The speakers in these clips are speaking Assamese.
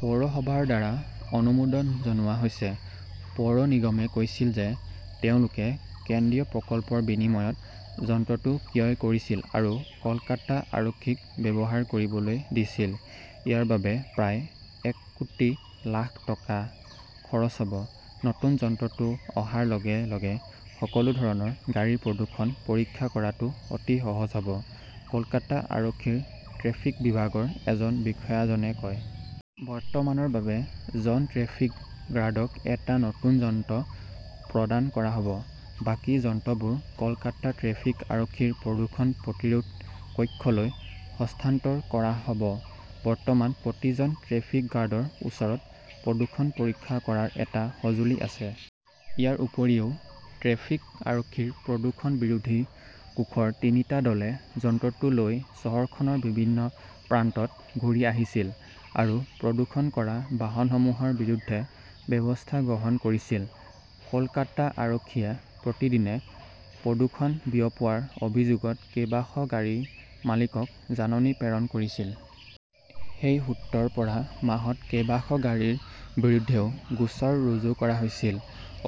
পৌৰসভাৰ দ্বাৰা অনুমোদন জনোৱা হৈছে। পৌৰ নিগমে কৈছিল যে তেওঁলোকে কেন্দ্ৰীয় প্ৰকল্পৰ বিনিময়ত যন্ত্ৰটো ক্ৰয় কৰিছিল আৰু কলকাতা আৰক্ষীক ব্যৱহাৰ কৰিবলৈ দিছিল। ইয়াৰ বাবে প্ৰায় এক কোটি লাখ টকা খৰচ হ "ব। নতুন যন্ত্ৰটো অহাৰ লগে লগে সকলো ধৰণৰ গাড়ীৰ প্ৰদূষণ পৰীক্ষা কৰাটো অতি সহজ হ "ব", কলকাতা আৰক্ষীৰ ট্ৰেফিক বিভাগৰ এজন বিষয়াজনে কয়। বৰ্তমানৰ বাবে, জন ট্ৰেফিক গাৰ্ডক এটা নতুন যন্ত্ৰ প্ৰদান কৰা হ 'ব। বাকী যন্ত্ৰবোৰ কলকাতা ট্ৰেফিক আৰক্ষীৰ প্ৰদূষণ প্ৰতিৰোধ কক্ষলৈ হস্তান্তৰ কৰা হ 'ব। বৰ্তমান প্ৰতিজন ট্ৰেফিক গাৰ্ডৰ ওচৰত প্ৰদূষণ পৰীক্ষা কৰাৰ এটা সঁজুলি আছে। ইয়াৰ উপৰিও, ট্ৰেফিক আৰক্ষীৰ প্ৰদূষণ বিৰোধী কোষৰ তিনিটা দলে যন্ত্ৰটো লৈ চহৰখনৰ বিভিন্ন প্ৰান্তত ঘূৰি আহিছিল আৰু প্ৰদূষণ কৰা বাহনসমূহৰ বিৰুদ্ধে ব্যৱস্থা গ্ৰহণ কৰিছিল। কলকাতা আৰক্ষীয়ে প্ৰতিদিনে প্ৰদূষণ বিয়পোৱাৰ অভিযোগত কেইবাশ গাড়ীৰ মালিকক জাননী প্ৰেৰণ কৰিছিল। সেই সূত্ৰৰ পৰা মাহত কেইবাশ গাড়ীৰ বিৰুদ্ধেও গোচৰ ৰুজু কৰা হৈছিল।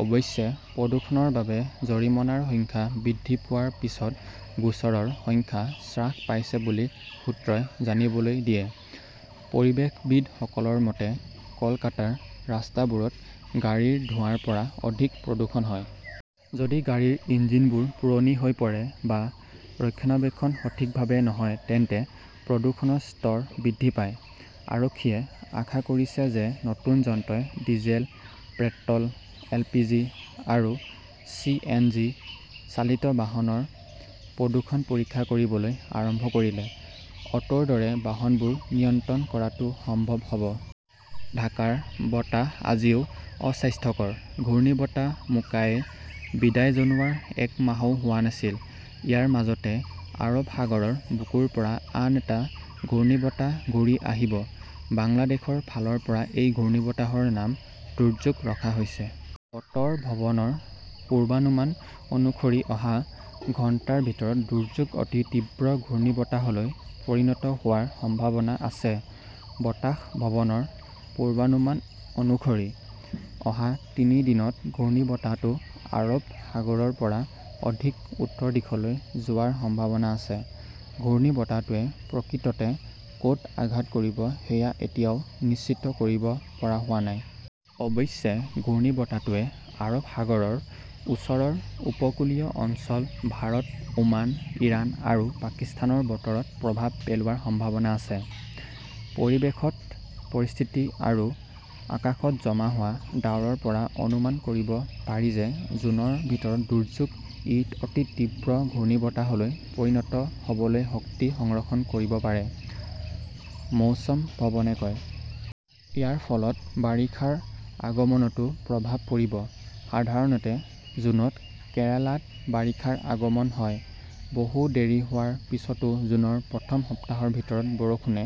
অৱশ্যে, প্ৰদূষণৰ বাবে জৰিমনাৰ সংখ্যা বৃদ্ধি পোৱাৰ পিছত গোচৰৰ সংখ্যা হ্ৰাস পাইছে বুলি সূত্ৰই জানিবলৈ দিয়ে। পৰিৱেশবিদসকলৰ মতে, কলকাতাৰ ৰাস্তাবোৰত গাড়ীৰ ধোঁৱাৰ পৰা অধিক প্ৰদূষণ হয়। যদি গাড়ীৰ ইঞ্জিনবোৰ পুৰণি হৈ পৰে বা ৰক্ষণাবেক্ষণ সঠিকভাৱে নহয় তেন্তে প্ৰদূষণৰ স্তৰ বৃদ্ধি পায়। আৰক্ষীয়ে আশা কৰিছে যে নতুন যন্ত্ৰই ডিজেল, পেট্ৰ "ল, এলপিজি আৰু চিএনজি চালিত বাহনৰ প্ৰদূষণ পৰীক্ষা কৰিবলৈ আৰম্ভ কৰিলে অটোৰ দৰে বাহনবোৰ নিয়ন্ত্ৰণ কৰাটো সম্ভৱ হ" ব। ঢাকাৰ বতাহ আজিও 'অস্বাস্থ্যকৰ " ঘূৰ্ণীবতাহ 'মোকা "য়ে বিদায় জনোৱাৰ এক মাহও হোৱা নাছিল। ইয়াৰ মাজতে আৰব সাগৰৰ বুকুৰ পৰা আন এটা ঘূৰ্ণীবতাহ ঘূৰি আহিব। বাংলাদেশৰ ফালৰ পৰা এই ঘূৰ্ণীবতাহৰ নাম 'দুৰ্যোগ "ৰখা হৈছে। বতৰ ভৱনৰ পূৰ্বানুমান অনুসৰি অহা ঘণ্টাৰ ভিতৰত 'দুৰ্যোগ "অতি তীব্ৰ ঘূৰ্ণীবতাহলৈ পৰিণত হোৱাৰ সম্ভাৱনা আছে। বতাস ভৱনৰ পূৰ্বানুমান অনুসৰি অহা তিনি দিনত ঘূৰ্ণীবতাহটো আৰৱ সাগৰৰ পৰা অধিক উত্তৰ দিশলৈ যোৱাৰ সম্ভাৱনা আছে। ঘূৰ্ণীবতাহটোৱে প্ৰকৃততে ক "ত আঘাত কৰিব সেয়া এতিয়াও নিশ্চিত কৰিব পৰা হোৱা নাই। অৱশ্যে, ঘূৰ্ণীবতাহটোৱে আৰৱ সাগৰৰ ওচৰৰ উপকূলীয় অঞ্চল ভাৰত, ওমান, ইৰাণ আৰু পাকিস্তানৰ বতৰত প্ৰভাৱ পেলোৱাৰ সম্ভাৱনা আছে। পৰিৱেশগত পৰিস্থিতি আৰু আকাশত জমা হোৱা ডাৱৰৰ পৰা অনুমান কৰিব পাৰি যে জুনৰ ভিতৰত 'দুৰ্যোগ "ই অতি তীব্ৰ ঘূৰ্ণীবতাহলৈ পৰিণত হ" বলৈ শক্তি সংৰক্ষণ কৰিব পাৰে, মৌসম ভৱনে কয়। ইয়াৰ ফলত বাৰিষাৰ আগমনতো প্ৰভাৱ পৰিব। সাধাৰণতে জুনত কেৰালাত বাৰিষাৰ আগমন হয়। বহু দেৰি হোৱাৰ পিছতো জুনৰ প্ৰথম সপ্তাহৰ ভিতৰত বৰষুণে